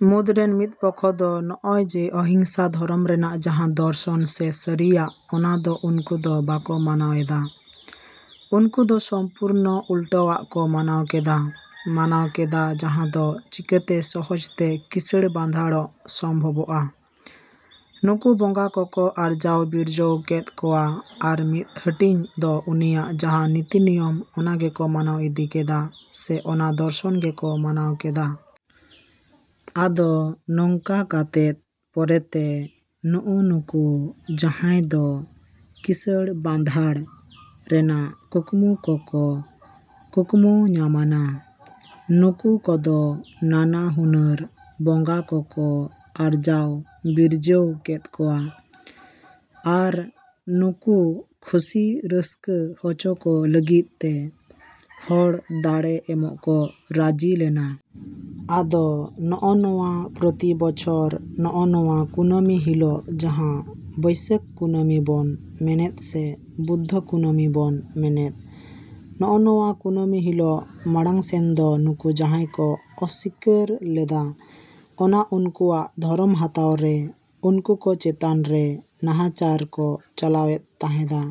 ᱢᱩᱫᱽᱨᱮᱱ ᱢᱤᱫ ᱯᱚᱠᱷᱚ ᱫᱚ ᱱᱚᱜᱼᱚᱭᱡᱮ ᱚᱦᱤᱝᱥᱟ ᱫᱷᱚᱨᱚᱢ ᱨᱮᱱᱟᱜ ᱡᱟᱦᱟᱸ ᱫᱚᱨᱥᱚᱱ ᱥᱮ ᱥᱟᱹᱨᱤᱭᱟᱜ ᱚᱱᱟ ᱫᱚ ᱩᱱᱠᱩ ᱫᱚ ᱵᱟᱠᱚ ᱢᱟᱱᱟᱣᱮᱫᱼᱟ᱾ ᱩᱱᱠᱩ ᱫᱚ ᱥᱚᱢᱯᱩᱨᱱᱚ ᱩᱞᱴᱟᱹᱣᱟᱜ ᱠᱚ ᱢᱟᱱᱟᱣ ᱠᱮᱫᱼᱟ, ᱢᱟᱱᱟᱣ ᱠᱮᱫᱼᱟ ᱡᱟᱦᱟᱸ ᱫᱚ ᱪᱤᱠᱟᱹᱛᱮ ᱥᱚᱦᱚᱡᱽ ᱛᱮ ᱠᱤᱸᱥᱟᱹᱬ ᱵᱟᱸᱫᱷᱟᱲᱚᱜ ᱥᱚᱢᱵᱷᱚᱵᱚᱜᱼᱟ ᱱᱩᱠᱩ ᱵᱚᱸᱜᱟ ᱠᱚᱠᱚ ᱟᱨᱡᱟᱣ ᱵᱤᱨᱡᱟᱹᱣ ᱠᱮᱫ ᱠᱚᱣᱟ ᱟᱨ ᱢᱤᱫ ᱦᱟᱹᱴᱤᱧ ᱫᱚ ᱩᱱᱤᱭᱟᱜ ᱡᱟᱦᱟᱸ ᱱᱤᱛᱤ ᱱᱤᱭᱚᱢ ᱚᱱᱟᱜᱮᱠᱚ ᱢᱟᱱᱟᱣ ᱤᱫᱤ ᱠᱮᱫᱟ ᱥᱮ ᱚᱱᱟ ᱫᱚᱨᱥᱚᱱ ᱜᱮᱠᱚ ᱢᱟᱱᱟᱣ ᱠᱮᱫᱼᱟ᱾ ᱟᱫᱚ ᱱᱚᱝᱠᱟ ᱠᱟᱛᱮᱫ ᱯᱚᱨᱮᱛᱮ ᱱᱩᱜᱼᱩ ᱱᱩᱠᱩ ᱡᱟᱦᱟᱸᱭ ᱫᱚ ᱠᱤᱸᱥᱟᱹᱬ ᱵᱟᱸᱫᱷᱟᱲ ᱨᱮᱱᱟᱜ ᱠᱩᱠᱢᱩ ᱠᱚᱠᱚ ᱠᱩᱠᱢᱩ ᱧᱟᱢᱟᱱᱟ ᱱᱩᱠᱩ ᱠᱚᱫᱚ ᱱᱟᱱᱟ ᱦᱩᱱᱟᱹᱨ ᱵᱚᱸᱜᱟ ᱠᱚᱠᱚ ᱟᱨᱡᱟᱣ ᱵᱤᱨᱡᱟᱹᱣ ᱠᱮᱫ ᱠᱚᱣᱟ ᱟᱨ ᱱᱩᱠᱩ ᱠᱷᱩᱥᱤ ᱨᱟᱹᱥᱠᱟᱹ ᱦᱚᱪᱚ ᱠᱚ ᱞᱟᱹᱜᱤᱫ ᱛᱮ ᱦᱚᱲ ᱫᱟᱬᱮ ᱮᱢᱚᱜ ᱠᱚ ᱨᱟᱡᱤᱞᱮᱱᱟ᱾ ᱟᱫᱚ ᱱᱚᱜᱼᱚ ᱱᱚᱣᱟ ᱯᱨᱚᱛᱤ ᱵᱚᱪᱷᱚᱨ ᱱᱚᱜᱼᱚ ᱱᱚᱣᱟ ᱠᱩᱱᱟᱹᱢᱤ ᱦᱤᱞᱳᱜ ᱡᱟᱦᱟᱸ ᱵᱟᱹᱭᱥᱟᱹᱠᱷ ᱠᱩᱱᱟᱹᱢᱤ ᱵᱚᱱ ᱢᱮᱱᱮᱫ ᱥᱮ ᱵᱩᱫᱽᱫᱷᱚ ᱠᱩᱱᱟᱹᱢᱤ ᱵᱚᱱ ᱢᱮᱱᱮᱫ ᱱᱚᱜᱼᱚ ᱱᱚᱣᱟ ᱠᱩᱱᱟᱹᱢᱤ ᱦᱤᱞᱳᱜ ᱢᱟᱲᱟᱝ ᱥᱮᱱ ᱫᱚ ᱱᱩᱠᱩ ᱡᱟᱦᱟᱸᱭ ᱠᱚ ᱚᱥᱥᱤᱠᱟᱹᱨ ᱞᱮᱫᱼᱟ ᱚᱱᱟ ᱩᱱᱠᱩᱣᱟᱜ ᱫᱷᱚᱨᱚᱢ ᱦᱟᱛᱟᱣᱨᱮ ᱩᱱᱠᱩ ᱠᱚ ᱪᱮᱛᱟᱱ ᱨᱮ ᱱᱟᱦᱟᱪᱟᱨ ᱠᱚ ᱪᱟᱞᱟᱣᱮᱫ ᱛᱟᱦᱮᱸᱫᱼᱟ᱾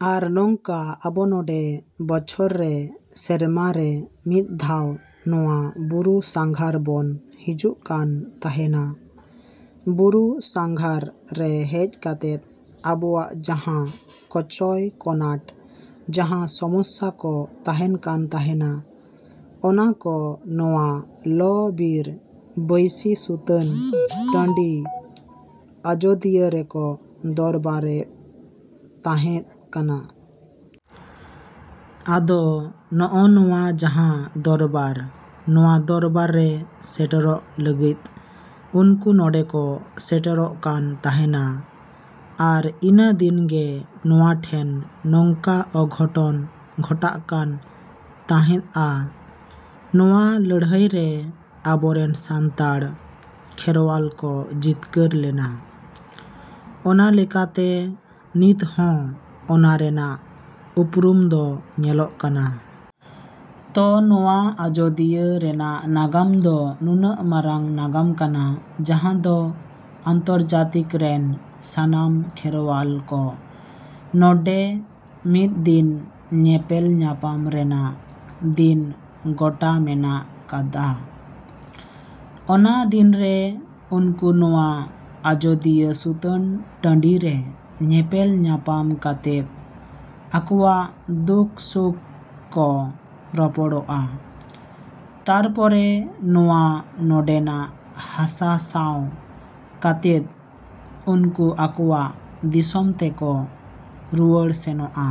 ᱟᱨ ᱱᱚᱝᱠᱟ ᱟᱵᱚ ᱱᱚᱰᱮ ᱵᱚᱪᱷᱚᱨ ᱨᱮ ᱥᱮᱨᱢᱟ ᱨᱮ ᱢᱤᱫ ᱫᱷᱟᱣ ᱱᱚᱣᱟ ᱵᱩᱨᱩ ᱥᱟᱸᱜᱷᱟᱨ ᱵᱚᱱ ᱦᱤᱡᱩᱜ ᱠᱟᱱ ᱛᱟᱦᱮᱱᱟ᱾ ᱵᱩᱨᱩ ᱥᱟᱸᱜᱷᱟᱨ ᱨᱮ ᱦᱮᱡ ᱠᱟᱛᱮᱫ ᱟᱵᱚᱣᱟᱜ ᱡᱟᱦᱟᱸ ᱠᱚᱪᱟᱭ ᱠᱚᱱᱟᱴ ᱡᱟᱦᱟᱸ ᱥᱚᱢᱚᱥᱥᱟ ᱠᱚ ᱛᱟᱦᱮᱱ ᱠᱟᱱ ᱛᱟᱦᱮᱱᱟ ᱚᱱᱟ ᱠᱚ ᱱᱚᱣᱟ ᱞᱚᱼᱵᱤᱨ ᱵᱟᱹᱭᱥᱤ ᱥᱩᱛᱟᱹᱱ ᱴᱟᱺᱰᱤ ᱟᱡᱚᱫᱤᱭᱟᱹ ᱨᱮᱠᱚ ᱫᱚᱨᱵᱟᱨᱮᱫ ᱛᱟᱦᱮᱸᱫ ᱠᱟᱱᱟ᱾ ᱟᱫᱚ ᱱᱚᱜᱼᱚ ᱱᱚᱣᱟ ᱡᱟᱦᱟᱸ ᱫᱚᱨᱵᱟᱨ ᱱᱚᱣᱟ ᱫᱚᱨᱵᱟᱨ ᱨᱮ ᱥᱮᱴᱮᱨᱚᱜ ᱞᱟᱹᱜᱤᱫ ᱩᱱᱠᱩ ᱱᱚᱰᱮᱠᱚ ᱥᱮᱴᱮᱨᱚᱜ ᱠᱟᱱ ᱛᱟᱦᱮᱸᱱᱟ ᱟᱨ ᱤᱱᱟᱹᱫᱤᱱ ᱜᱮ ᱱᱚᱣᱟᱴᱷᱮᱱ ᱱᱚᱝᱠᱟ ᱚᱜᱷᱚᱴᱚᱱ ᱜᱷᱚᱴᱟᱜ ᱠᱟᱱ ᱛᱟᱦᱮᱸᱫᱼᱟ᱾ ᱱᱚᱣᱟ ᱞᱟᱹᱲᱦᱟᱹᱭᱨᱮ ᱟᱵᱚᱨᱮᱱ ᱥᱟᱱᱛᱟᱲ ᱠᱷᱮᱨᱣᱟᱞ ᱠᱚ ᱡᱤᱛᱠᱟᱹᱨ ᱞᱮᱱᱟ᱾ ᱚᱱᱟ ᱞᱮᱠᱟᱛᱮ ᱱᱤᱛ ᱦᱚᱸ ᱚᱱᱟᱨᱮᱱᱟᱜ ᱩᱯᱨᱩᱢ ᱫᱚ ᱧᱮᱞᱚᱜ ᱠᱟᱱᱟ᱾ ᱛᱚ ᱱᱚᱣᱟ ᱟᱡᱚᱫᱤᱭᱟᱹ ᱨᱮᱱᱟᱜ ᱱᱟᱜᱟᱢ ᱫᱚ ᱱᱩᱱᱟᱹᱜ ᱢᱟᱨᱟᱝ ᱱᱟᱜᱟᱢ ᱠᱟᱱᱟ ᱡᱟᱦᱟᱸ ᱫᱚ ᱟᱱᱛᱚᱨᱡᱟᱛᱤᱠ ᱥᱛᱚᱨ ᱨᱮᱱ ᱥᱟᱱᱛᱟᱲ ᱠᱷᱮᱨᱣᱟᱞ ᱠᱚ ᱱᱚᱰᱮ ᱢᱤᱫ ᱫᱤᱱ ᱧᱮᱯᱮᱞ ᱧᱟᱯᱟᱢ ᱨᱮᱱᱟᱜ ᱫᱤᱱ ᱜᱚᱴᱟ ᱢᱮᱱᱟᱜ ᱠᱟᱫᱼᱟ᱾ ᱚᱱᱟ ᱫᱤᱱᱨᱮ ᱩᱱᱠᱩ ᱱᱚᱣᱟ ᱟᱡᱚᱫᱤᱭᱟᱹ ᱥᱩᱛᱟᱹᱱ ᱴᱟᱺᱰᱤᱨᱮ ᱧᱮᱯᱮᱞ ᱧᱟᱯᱟᱢ ᱠᱟᱛᱮᱫ ᱟᱠᱚᱣᱟᱜ ᱫᱩᱠ ᱥᱩᱠ ᱠᱚ ᱨᱚᱯᱚᱲᱚᱜᱼᱟ ᱛᱟᱨᱯᱚᱨᱮ ᱱᱚᱣᱟ ᱱᱚᱰᱮᱱᱟᱜ ᱦᱟᱥᱟ ᱥᱟᱶ ᱠᱟᱛᱮᱫ ᱩᱱᱠᱩ ᱟᱠᱚᱣᱟᱜ ᱫᱤᱥᱚᱢ ᱛᱮᱠᱚ ᱨᱩᱣᱟᱹᱲ ᱥᱮᱱᱚᱜᱼᱟ᱾।